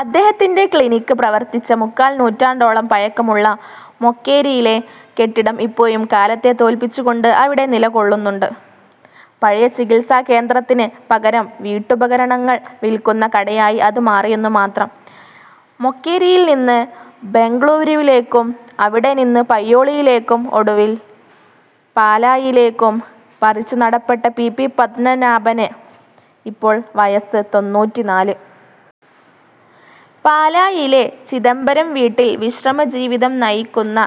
അദ്ദേഹത്തിന്റെ ക്ലിനിക് പ്രവർത്തിച്ച മുക്കാൽനൂറ്റാണ്ടോളം പഴക്കമുള്ള മൊകേരിയിലെ കെട്ടിടം ഇപ്പോഴും കാലത്തെ തോൽപ്പിച്ചുകൊണ്ട് അവിടെ നിലകൊള്ളുന്നുണ്ട്. പഴയ ചികിത്സാകേന്ദ്രത്തിന് പകരം വീട്ടുപകരണങ്ങൾ വിൽക്കുന്ന കടയായി അതു മാറിയെന്നുമാത്രം. മൊകേരിയിൽനിന്ന് ബെംഗളൂരുവിലേക്കും അവിടെനിന്ന് പയ്യോളിയിലേക്കും ഒടുവിൽ പാലാഴിയിലേക്കും പറി ച്ചുനടപ്പെട്ട പി. പി. പദ്മനാഭന് ഇപ്പോൾ വയസ്സ് തൊണ്ണൂറ്റിനാല്. പാലാഴിയിലെ 'ചിദംബരം'വീട്ടിൽ വിശ്രമജീവിതം നയിക്കുന്ന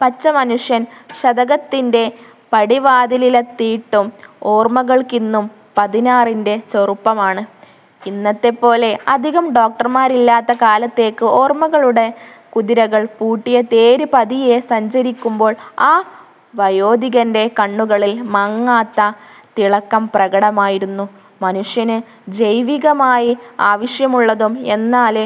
പച്ചമനുഷ്യൻ ശതകത്തിന്റെ പടിവാതിലിലെത്തിയിട്ടും ഓർമകൾക്കിന്നും പതിനാറിന്റെ ചെറുപ്പമാണ്. ഇന്നത്തെപ്പോലെ അധികം ഡോക്ടർമാരില്ലാത്ത കാലത്തേക്ക് ഓർമകളുടെ കുതിരകൾ പൂട്ടിയ തേര് പതിയെ സഞ്ചരിക്കുമ്പോൾ ആ വയോധികന്റെ കണ്ണുകളിൽ മങ്ങാത്ത തിളക്കം പ്രകടമായിരുന്നു. മനുഷ്യന് ജൈവികമായി ആവശ്യമുള്ളതും എന്നാല്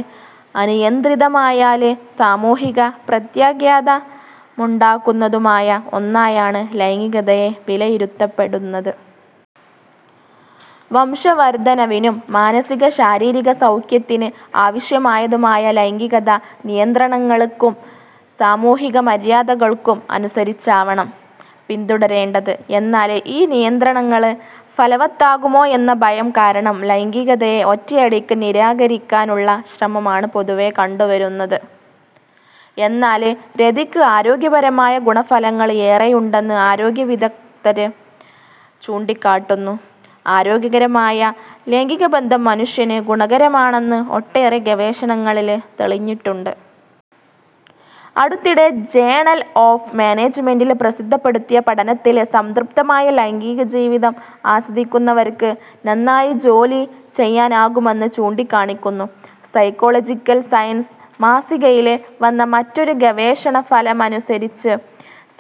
അനിയന്ത്രിതമായാല് സാമൂഹിക പ്രത്യാഘാതമുണ്ടാക്കുന്നതുമായ ഒന്നായാണ് ലൈംഗികതയെ വിലയിരുത്തപ്പെടുന്നത്. വംശവർധനവിനും മാനസികശാരീരിക സൗഖ്യത്തിന് ആവശ്യമായതുമായ ലൈംഗികത, നിയന്ത്രണങ്ങള്ക്കും സാമൂഹിക മര്യാദകള്ക്കും അനുസരിച്ചാവണം പിന്തുടരേണ്ടത്. എന്നാല് ഈ നിയന്ത്രണങ്ങള് ഫലവത്താകുമോ എന്ന ഭയം കാരണം, ലൈംഗീകതയെ ഒറ്റയടിക്ക് നിരാകരിക്കാനുള്ള ശ്രമമാണ് പൊതുവേ കണ്ടുവരുന്നത്. എന്നാല് രതിക്ക് ആരോഗ്യപരമായ ഗുണഫലങ്ങള് ഏറെയുണ്ടെന്ന് ആരോഗ്യവിഗദ്ധര് ചൂണ്ടിക്കാട്ടുന്നു. ആരോഗ്യകരമായ ലൈംഗികബന്ധം മനുഷ്യന് ഗുണകരമാണെന്ന് ഒട്ടേറെ ഗവേഷണങ്ങളില് തെളിഞ്ഞിട്ടുണ്ട്. അടുത്തിടെ ജേണല് ഓഫ് മാനേജ്മെന്റില് പ്രസിദ്ധപ്പെടുത്തിയ പഠനത്തില് സംതൃപ്തമായ ലൈംഗീക ജീവിതം ആസ്വദിക്കുന്നവര്ക്ക് നന്നായി ജോലി ചെയ്യാനാകുമെന്ന് ചൂണ്ടിക്കാണിക്കുന്നു. സൈക്കോളിജക്കല് സയന്സ് മാസികയില് വന്ന മറ്റൊരു ഗവേഷണഫലമനുസരിച്ച്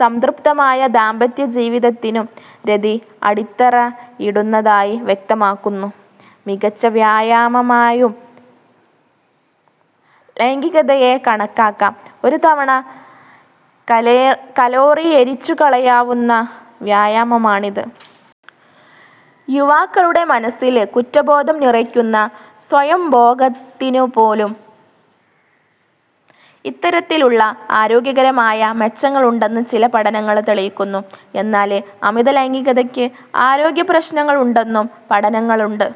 സംതൃപ്തമായ ദാമ്പത്യ ജീവിതത്തിനും രതി അടിത്തറയിടുന്നതായി വ്യക്തമാക്കുന്നു. മികച്ച വ്യായാമമായും ലൈംഗികതയെ കണക്കാക്കാം. ഒരു തവണ കലോറി എരിച്ചുകളയാവുന്ന വ്യായാമമാണിത്. യുവാക്കളുടെ മനസ്സില് കുറ്റബോധം നിറയ്ക്കുന്ന സ്വയംഭോഗത്തിനുപോലും ഇത്തരത്തിലുള്ള ആരോഗ്യകരമായ മെച്ചങ്ങളുണ്ടെന്ന് ചില പഠനങ്ങള് തെളിയിക്കുന്നു. എന്നാല് അമിത ലൈംഗികതയ്ക്ക് ആരോഗ്യപ്രശ്നങ്ങളുണ്ടെന്നും പഠനങ്ങളുണ്ട്.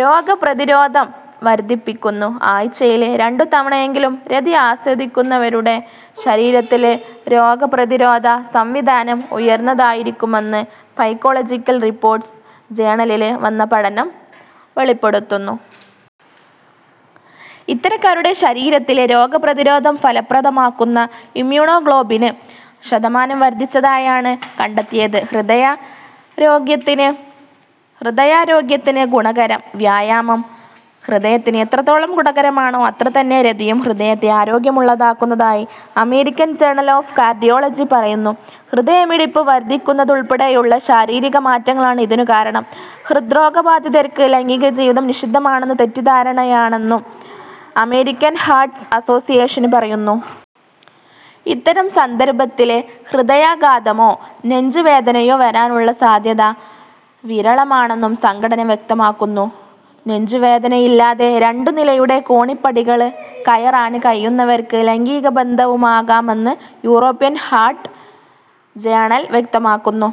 രോഗപ്രതിരോധം വര്ധിപ്പിക്കുന്നു ആഴ്ചയില് രണ്ടു തവണയെങ്കിലും രതി ആസ്വദിക്കുന്നവരുടെ ശരീരത്തിലെ രോഗപ്രതിരോധ സംവിധാനം ഉയര്ന്നതായിരിക്കുമെന്ന് സൈക്കോളജിക്കല് റിപ്പോര്ട്സ് ജേണലില് വന്ന പഠനം വെളിപ്പെടുത്തുന്നു. ഇത്തരക്കാരുടെ ശരീരത്തില് രോഗപ്രതിരോധം ഫലപ്രദമാക്കുന്ന ഇമ്യൂണോഗ്ലോബിന് ശതമാനം വര്ധിച്ചതായാണ് കണ്ടെത്തിയത്. ഹൃദയാരോഗ്യത്തിന് ഗുണകരം വ്യായാമം ഹൃദയത്തിന് എത്രത്തോളം ഗുണകരമാണോ അത്രതന്നെ രതിയും ഹൃദയത്തെ ആരോഗ്യമുള്ളതാക്കുന്നതായി അമേരിക്കന് ജേണല് ഓഫ് കാര്ഡിയോളജി പറയുന്നു. ഹൃദയമിടിപ്പ് വര്ധിക്കുന്നതുള്പ്പെടെയുള്ള ശാരീരികമാറ്റങ്ങളാണ് ഇതിനു കാരണം. ഹൃദ്രോഗബാധിതര്ക്ക് ലൈംഗീകജീവിതം നിഷിദ്ധമാണെന്നത് തെറ്റിദ്ധാരണയാണെന്നും അമേരിക്കന് ഹാര്ട്ട് അസോസിയേഷന് പറയുന്നു. ഇത്തരംസന്ദർഭത്തില് ഹൃദയാഘാതമോ, നെഞ്ച് വേദനയോ വരാനുള്ള സാധ്യത വിരളമാണെന്നും സംഘടന വ്യക്തമാക്കുന്നു. നെഞ്ചുവേദനയില്ലാതെ രണ്ടുനിലയുടെ കോണിപ്പടികള് കയറാന് കഴിയുന്നവർക്ക് ലൈംഗിക ബന്ധവുമാകാമെന്ന് യൂറോപ്യന് ഹാര്ട്ട് ജേണല് വ്യക്തമാക്കുന്നു.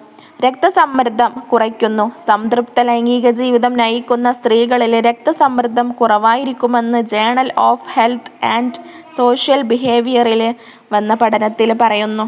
രക്തസമ്മർദ്ദം കുറയ്ക്കുന്നു സംതൃപ്ത ലൈംഗീകജീവിതം നയിക്കുന്ന സ്ത്രീകളില് രക്തസമ്മര്ദ്ദം കുറവായിരിക്കുമെന്ന് journal of health and social ബിഹേവിയറില് വന്ന പഠനത്തില് പറയുന്നു.